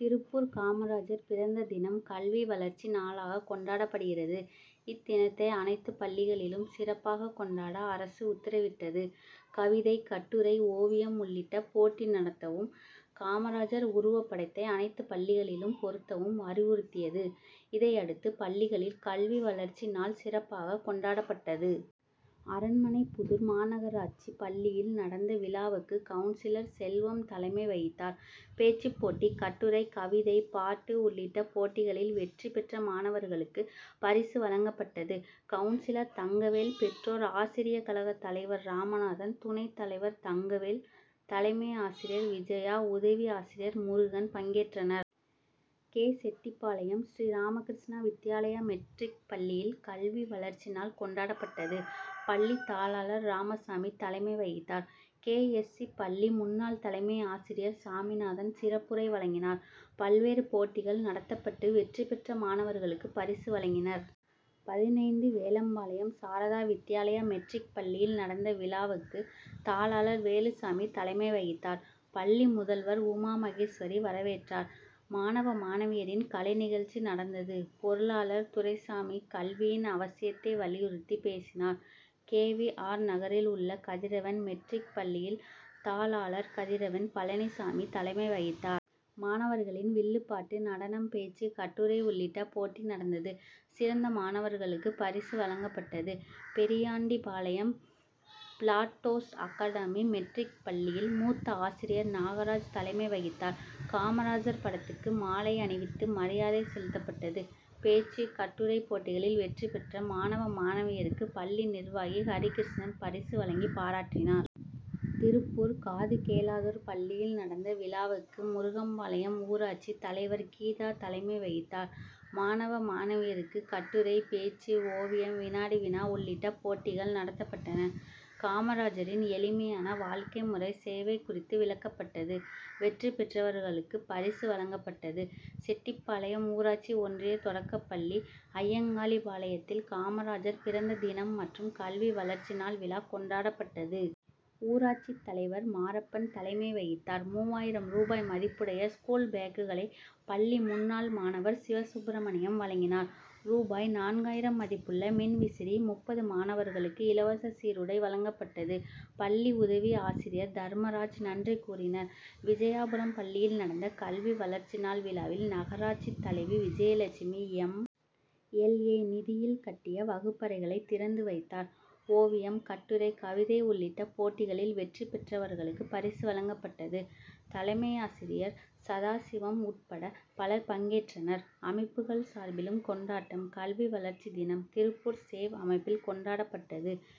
திருப்பூர் காமராஜர் பிறந்த தினம், கல்வி வளர்ச்சி நாளாக கொண்டாடப்படுகிறது. இத்தினத்தை அனைத்து பள்ளிகளிலும் சிறப்பாக கொண்டாட அரசு உத்தரவிட்டது. கவிதை, கட்டுரை, ஓவியம் உள்ளிட்ட போட்டி நடத்தவும்; காமராஜர் உருவப்படத்தை அனைத்து பள்ளிகளிலும் பொருத்தவும் அறிவுறுத்தியது. இதையடுத்து, பள்ளிகளில் கல்வி வளர்ச்சி நாள் சிறப்பாக கொண்டாடப்பட்டது. அரண்மனைப்புதூர் மாநகராட்சி பள்ளியில் நடந்த விழாவுக்கு கவுன்சிலர் செல்வம் தலைமை வகித்தார். பேச்சு போட்டி, கட்டுரை, கவிதை, பாட்டு உள்ளிட்ட போட்டிகளில் வெற்றி பெற்ற மாணவர்களுக்கு பரிசு வழங்கப்பட்டது. கவுன்சிலர் தங்கவேல், பெற்றோர் ஆசிரிய கழக தலைவர் ராமநாதன், துணை தலைவர் தங்கவேல், தலைமை ஆசிரியர் விஜயா, உதவி ஆசிரியர் முருகன் பங்கேற்றனர். கே. செட்டிபாளையம், ஸ்ரீராமகிருஷ்ணா வித்யாலயா மெட்ரிக் பள்ளியில் கல்வி வளர்ச்சி நாள் கொண்டாடப்பட்டது. பள்ளி தாளாளர் ராமசாமி தலைமை வகித்தார். கே. எஸ். சி., பள்ளி முன்னாள் தலைமை ஆசிரியர் சாமிநாதன் சிறப்புரை வழங்கினார். பல்வேறு போட்டிகள் நடத்தப்பட்டு, வெற்றி பெற்ற மாணவர்களுக்கு பரிசு வழங்கினர். பதினைந்து வேலம்பாளையம், சாரதா வித்யாலயா மெட்ரிக் பள்ளியில் நடந்த விழாவுக்கு, தாளாளர் வேலுசாமி தலைமை வகித்தார். பள்ளி முதல்வர் உமா மகேஸ்வரி வரவேற்றார். மாணவ, மாணவியரின் கலை நிகழ்ச்சி நடந்தது. பொருளாளர் துரைசாமி, கல்வியின் அவசியத்தை வலியுறுத்தி பேசினார். கே. வி. ஆர்., நகரில் உள்ள கதிரவன் மெட்ரிக் பள்ளியில் தாளாளர் கதிரவன் பழனிசாமி தலைமை வகித்தார். மாணவர்களின் வில்லு பாட்டு, நடனம், பேச்சு, கட்டுரை உள்ளிட்ட போட்டி நடந்தது. சிறந்த மாணவர்களுக்கு பரிசு வழங்கப்பட்டது. பெரியாண்டிபாளையம் பிளாட்டோஸ் அகாடமி மெட்ரிக் பள்ளியில், மூத்த ஆசிரியர் நாகராஜ் தலைமை வகித்தார். காமராஜர் படத்துக்கு மாலை அணிவித்து மரியாதை செலுத்தப்பட்டது. பேச்சு, கட்டுரை போட்டிகளில் வெற்றி பெற்ற மாணவ, மாணவியருக்கு பள்ளி நிர்வாகி ஹரிகிருஷ்ணன் பரிசு வழங்கி பாராட்டினார். திருப்பூர் காதுகேளாதோர் பள்ளியில் நடந்த விழாவுக்கு, முருங்கம்பாளையம் ஊராட்சி தலைவர் கீதா தலைமை வகித்தார். மாணவ, மாணவியருக்கு கட்டுரை, பேச்சு, ஓவியம், வினாடி-வினா உள்ளிட்ட போட்டிகள் நடத்தப்பட்டன. காமராஜரின் எளிமையான வாழ்க்கை முறை, சேவை குறித்து விளக்கப்பட்டது. வெற்றி பெற்றவர்களுக்கு பரிசு வழங்கப்பட்டது. செட்டிபாளையம் ஊராட்சி ஒன்றிய தொடக்கப்பள்ளி அய்யங்காளிபாளையத்தில் காமராஜர் பிறந்த தினம் மற்றும் கல்வி வளர்ச்சி நாள் விழா கொண்டாடப்பட்டது. ஊராட்சி தலைவர் மாரப்பன் தலைமை வகித்தார். மூவாயிரம் ரூபாய் மதிப்புடைய ஸ்கூல் பேக்குகளை பள்ளி முன்னாள் மாணவர் சிவசுப்ரமணியம் வழங்கினார். ரூபாய் நான்காயிரம் மதிப்புள்ள மின்விசிறி, முப்பது மாணவர்களுக்கு இலவச சீருடை வழங்கப்பட்டது. பள்ளி உதவி ஆசிரியர் தர்மராஜ் நன்றி கூறினர். விஜயாபுரம் பள்ளியில் நடந்த கல்வி வளர்ச்சி நாள் விழாவில், நகராட்சி தலைவி விஜயலட்சுமி, எம். எல். ஏ., நிதியில் கட்டிய வகுப்பறைகளை திறந்து வைத்தார். ஒவியம், கட்டுரை, கவிதை உள்ளிட்ட போட்டிகளில் வெற்றி பெற்றவர்களுக்கு பரிசு வழங்கப்பட்டது. தலைமையாசிரியர் சதாசிவம் உட்பட பலர் பங்கேற்றனர். அமைப்புகள் சார்பிலும் கொண்டாட்டம் கல்வி வளர்ச்சி தினம், திருப்பூர் சேவ் அமைப்பில் கொண்டாடப்பட்டது. சேவ்